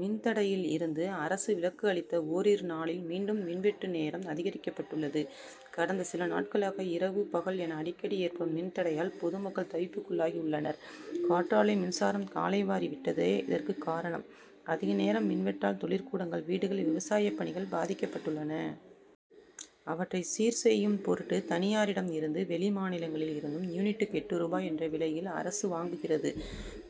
மின்தடையில் இருந்து அரசு விலக்கு அளித்த ஓரிரு நாளில் மீண்டும் மின்வெட்டு நேரம் அதிகரிக்கப்பட்டுள்ளது. கடந்த சில நாட்களாக இரவு பகல் என அடிக்கடி ஏற்படும் மின் தடையால் பொதுமக்கள் தவிப்புக்குள்ளாகி உள்ளனர். காற்றாலை மின்சாரம் காலைவாரி விட்டதே இதற்கு காரணம். அதிக நேரம் மின்வெட்டால் தொழிற் கூடங்கள் வீடுகள் விவசாயப் பணிகள் பாதிக்கப்பட்டுள்ளன. அவற்றை சீர் செய்யும் பொருட்டு தனி யாரிடம் இருந்தும் வெளி மாநிலங்களில் இருந்தும் யூனிட்டுக்கு எட்டு ரூபாய் என்ற விலையில் அரசு வாங்குகிறது.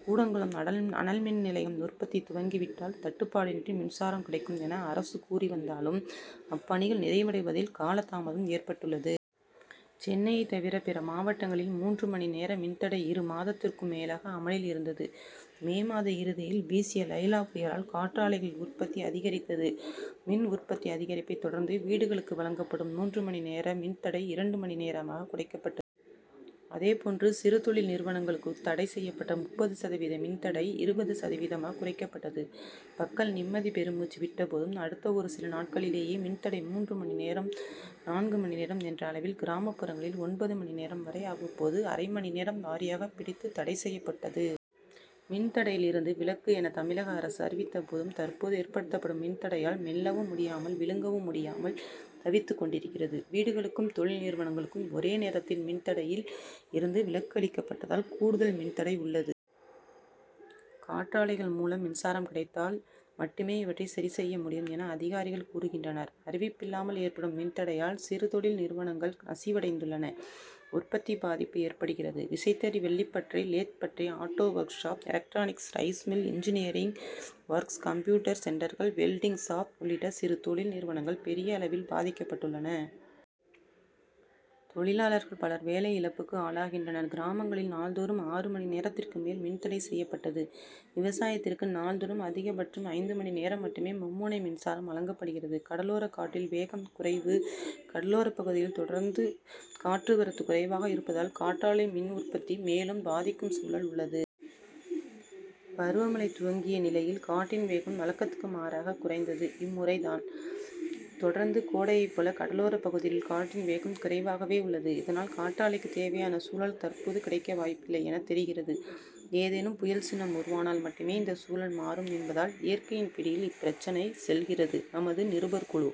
கூடங்குளம் அனல்மின் நிலையம் உற்பத்தி துவங்கி விட்டால் தட்டுப் பாடின்றி மின்சாரம் கிடைக்கும் என அரசு கூறி வந்தாலும் அப்பணிகள் நிறைவடைவதில் கால தாமதம் ஏற்பட்டுள்ளது. சென்னையைத் தவிர பிற மாவட்டங்களில் மூன்று மணி நேர மின்தடை இரு மாதத்துக்கும் மேலாக அமலில் இருந்தது. மே மாத இறுதியில் வீசிய லைலா புயலால் காற்றாலைகளில் உற்பத்தி அதிகரித்தது. மின் உற்பத்தி அதிகரிப்பை தொடர்ந்து வீடுகளுக்கு வழங்கப்படும் மூன்று மணி நேர மின்தடை. இரண்டு மணி நேரமாக குறைக்கப்பட் டது. அதேபோன்று சிறு தொழில் நிறுவனங்களுக்கு தடை செய்யப்பட்ட முப்பது சதவீத மின்தடை இருபது சதவீத மாக குறைக்கப்பட்டது. மக்கள் நிம்மதி பெரு மூச்சு விட்டபோதும் அடுத்த ஒரு சில நாட் களிலேயே மின்தடை மூன்று மணி நேரம் நான்கு மணி நேரம் என்ற அளவில் கிராமப்புறங்களில் ஒன்பது மணி நேரம் வரை அவ்வப் போது அரைமணி நேரம் வாரியாக பிரித்து தடை செய்யப்பட்டது. மின்தடையில் இருந்து விலக்கு என தமிழக அரசு அறிவித்தபோதும் தற் போது ஏற்படுத்தப்படும் மின்தடையால் மெல் லவும் முடியாமல் விழுங் கவும் முடியாமல் தவித்துக் கொண்டிருக்கிறது. வீடுகளுக்கும் தொழில் நிறுவனங்களுக்கும் ஒரே நேரத்தில் மின்தடையில் இருந்து விலக்கு அளிக்கப் பட்டதால் கூடுதல் மின் தடை உள்ளது. காற்றாலைகள் மூலம் மின்சாரம் கிடைத்தால் மட்டுமே இவற்றை சரிசெய்ய முடியும் என அதிகாரிகள் கூறுகின்றனர். அறிவிப்பில்லாமல் ஏற்படும் மின்தடையால் சிறு தொழில் நிறுவனங் கள் நசிவடைந்துள்ளன. உற்பத்தி பாதிப்பு ஏற்படுகிறது. விசைத்தறி வெள்ளிப்பட்டறை லேத் பட்டறை auto workshop electronics rice mill engineering works computer சென்டர்கள் வெல்டிங் ஷாப் உள்ளிட்ட சிறு தொழில் நிறுவனங்கள் பெரிய அளவில் பாதிக்கப்பட் டுள்ளன. தொழிலாளர்கள் பலர் வேலை இழப்புக்கு ஆளாகின்றனர். கிராமங் களில் நாள்தோறும் ஆறு மணி நேரத்திற்கு மேல் மின்தடை செய்யப் பட்டது. விவசாயத்திற்கு நாள் தோறும் அதிகபட்சம் ஐந்து மணி நேரம் மட்டுமே மும்முனை மின்சாரம் வழங்கப்படுகிறது. கடலோர காற்றில் வேகம் குறைவு கடலோர பகுதிகளில் தொடர்ந்து காற்று வரத்து குறைவாக இருப்பதால் காற்றாலை மின்உற்பத்தி மேலும் பாதிக்கும் சூழல் உள்ளது. பருவ மழை துவங்கிய நிலையில் காற்றின் வேகம் வழக்கத்துக்கு மாறாக குறைந்தது இம்முறை தான். தொடர்ந்து கோடையை போல கடலோர பகுதிகளில் காற்றின் வேகம் குறைவாகவே உள்ளது. இதனால் காற்றாலைக்கு தேவையான சூழல் தற்போது கிடைக்க வாய்ப்பில்லை என தெரிகிறது. ஏதேனும் புயல் சின்னம் உருவானால் மட்டுமே இந்த சூழல் மாறும் என்பதால் இயற்கையின் பிடியில் இப்பிரச்னை செல்கிறது. நமது நிருபர் குழு.